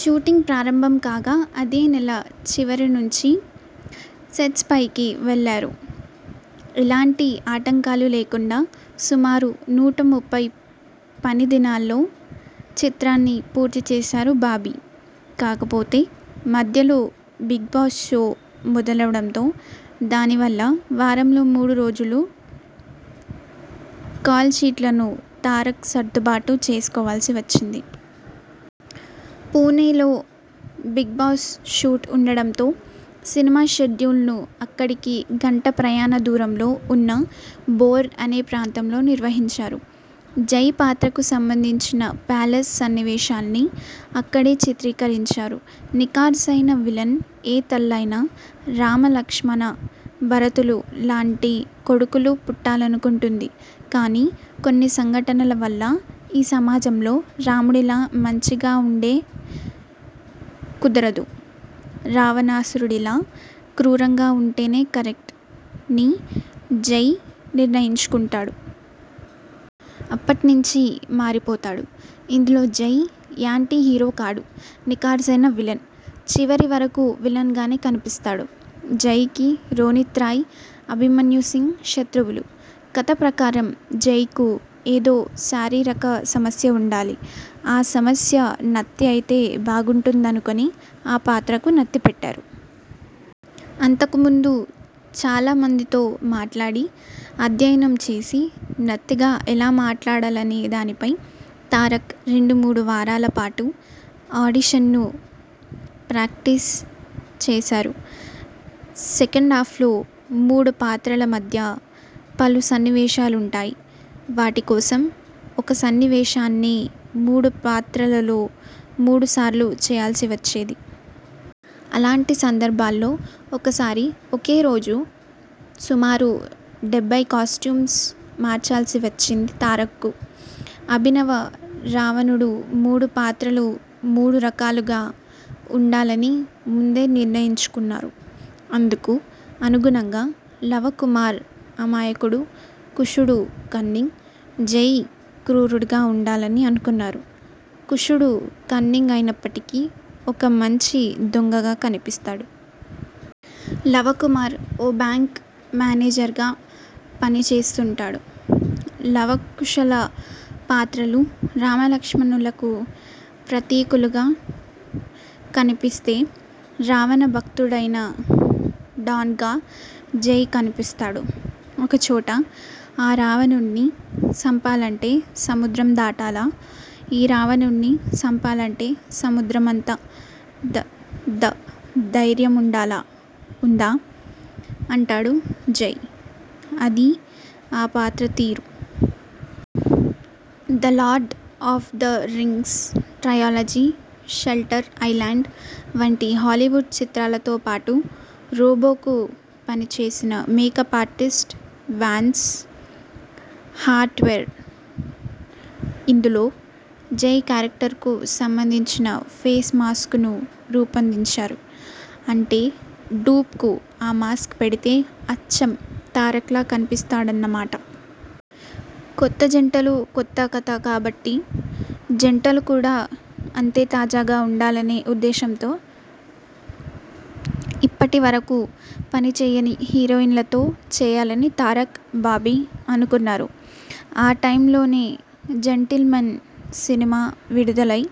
Shooting ప్రారంభం కాగా, అదే నెల చివరి నుంచి సెట్స్పైకి వెళ్లారు. ఎలాంటి ఆటంకాలు లేకుండా సుమారు నూట ముప్పై పని దినాల్లో చిత్రాన్ని పూర్తి చేశారు బాబీ. కాకపోతే మధ్యలో 'బిగ్బాస్' షో మొదలవడంతో, దాని వల్ల వారంలో మూడు రోజులు కాల్షీట్లను తారక్ సర్దుబాటు చేసుకోవాల్సి వచ్చింది. పూణేలో 'బిగ్బాస్' షూట్ ఉండటంతో, సినిమా షెడ్యూల్ను అక్కడికి గంట ప్రయాణ దూరంలో ఉన్న 'బోర్' అనే ప్రాంతంలో నిర్వహించారు. జై పాత్రకు సంబంధించిన ప్యాలెస్ సన్నివేశాలన్నీ అక్కడే చిత్రీకరించారు. నిఖార్సయిన విలన్ఏ తల్లయినా రామ లక్ష్మణ భరతులు లాంటి కొడుకులు పుట్టాలనుకుంటుంది. కానీ కొన్ని సంఘటనల వల్ల 'ఈ సమాజంలో రాముడిలా మంచిగా ఉండే కుదరదు, రావణాసురుడిలా క్రూరంగా ఉంటేనే కరెక్ట'ని జై నిర్ణయించుకుంటాడు. అప్పట్నించీ మారిపోతాడు. ఇందులో జై యాంటీ హీరో కాడు. నిఖార్సయిన విలన్! చివరి వరకూ విలన్గానే కనిపిస్తాడు. జైకి రోణిత్రాయ్, అభిమన్యుసింగ్ శత్రువులు. కథ ప్రకారం జైకు ఏదో ఒక శారీరక సమస్య ఉండాలి. ఆ సమస్య 'నత్తి' అయితే బాగుంటుందనుకొని ఆ పాత్రకు నత్తి పెట్టారు. అంతకు ముందు చాలా మందితో మాట్లాడి, అధ్యయనం చేసి నత్తిగా ఎలా మాట్లాడాలనే దానిపై తారక్ రెండు మూడు వారాల పాటు ఆడిషను ప్రాక్టీస్ చేశారు. సెకండాఫ్లో మూడు పాత్రల మధ్య పలు సన్నివేశాలుంటాయి. వాటి కోసం ఒక సన్నివేశాన్నే మూడు పాత్రలతో మూడు సార్లు చేయాల్సి వచ్చేది. అలాంటి సందర్భాల్లో ఒకసారి ఒకే రోజు సుమారు డెబ్బై కాస్ట్యూమ్స్ మార్చాల్సి వచ్చింది తారక్కు. అభినవ రావణుడుమూడు పాత్రలు మూడు రకాలుగా ఉండాలని ముందే నిర్ణయించుకున్నారు. అందుకు అనుగుణంగా లవకుమార్ అమాయకుడు, కుశుడు కన్నింగ్, జై క్రూరుడుగా ఉండాలని అనుకున్నారు. కుశుడు కన్నింగ్ అయినప్పటికీ ఒక మంచి దొంగగా కనిపిస్తాడు. లవకుమార్ ఓ బ్యాంక్ మేనేజర్గా పని చేస్తుంటాడు. లవకుశుల పాత్రలు రామలక్ష్మణులకు ప్రతీకలుగా కనిపిస్తే, రావణ భక్తుడైన డాన్గా జై కనిపిస్తాడు. ఒక చోట. ''ఆ రావణుడ్ని సంపాలంటే సముద్రం దాటాల ఈ రావణుడ్ని సంపాలంటే సముద్రమంత ధ ధ ధైర్యం ఉండాల ఉందా'' అంటాడు జై అదీ ఆ పాత్ర తీరు! 'The lord of the rings' trilogy, 'shutter island' వంటి హాలీవుడ్ చిత్రాలతో పాటు 'రోబో'కు పనిచేసిన మేకప్ ఆర్టిస్ట్ వాన్స్ హార్ట్వెల్ ఇందులో జై క్యారెక్టర్కు సంబంధించిన ఫేస్ మాస్క్ను రూపొందించారు. అంటే డూప్కు ఆ మాస్క్ పెడితే అచ్చం తారక్లా కనిపిస్తాడన్న మాట! కొత్త జంటలుకొత్త కథ కాబట్టి జంటలు కూడా అంతే తాజాగా ఉండాలనే ఉద్దేశంతో ఇప్పటి వరకూ పని చేయని హీరోయిన్లతో చేయాలని తారక్, బాబీ అనుకున్నారు. ఆ టైమ్లోనే 'జెంటిల్మన్' సినిమా విడుదలై,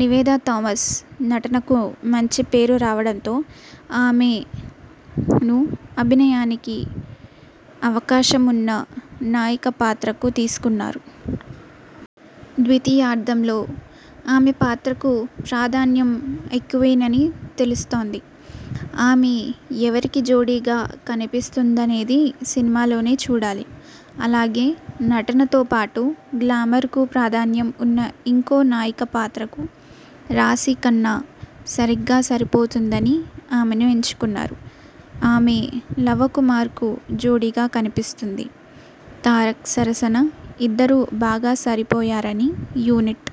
నివేదా థామస్ నటనకు మంచి పేరు రావడంతో ఆమెను అభినయానికి అవకాశమున్న నాయిక పాత్రకు తీసుకున్నారు. ద్వితీయార్ధంలో ఆమె పాత్రకు ప్రాధాన్యం ఎక్కువేనని తెలుస్తోంది. ఆమె ఎవరికి జోడీగా కనిపిస్తుందనేది సినిమాలోనే చూడాలి! అలాగే నటనతో పాటు గ్లామర్కూ ప్రాధాన్యం ఉన్న ఇంకో నాయిక పాత్రకు రాశీఖన్నా సరిగ్గా సరిపోతుందని ఆమెను ఎంచుకున్నారు. ఆమె లవకుమార్కు జోడీగా కనిపిస్తుంది. తారక్ సరసన ఇద్దరూ బాగా సరిపోయారని యూనిట్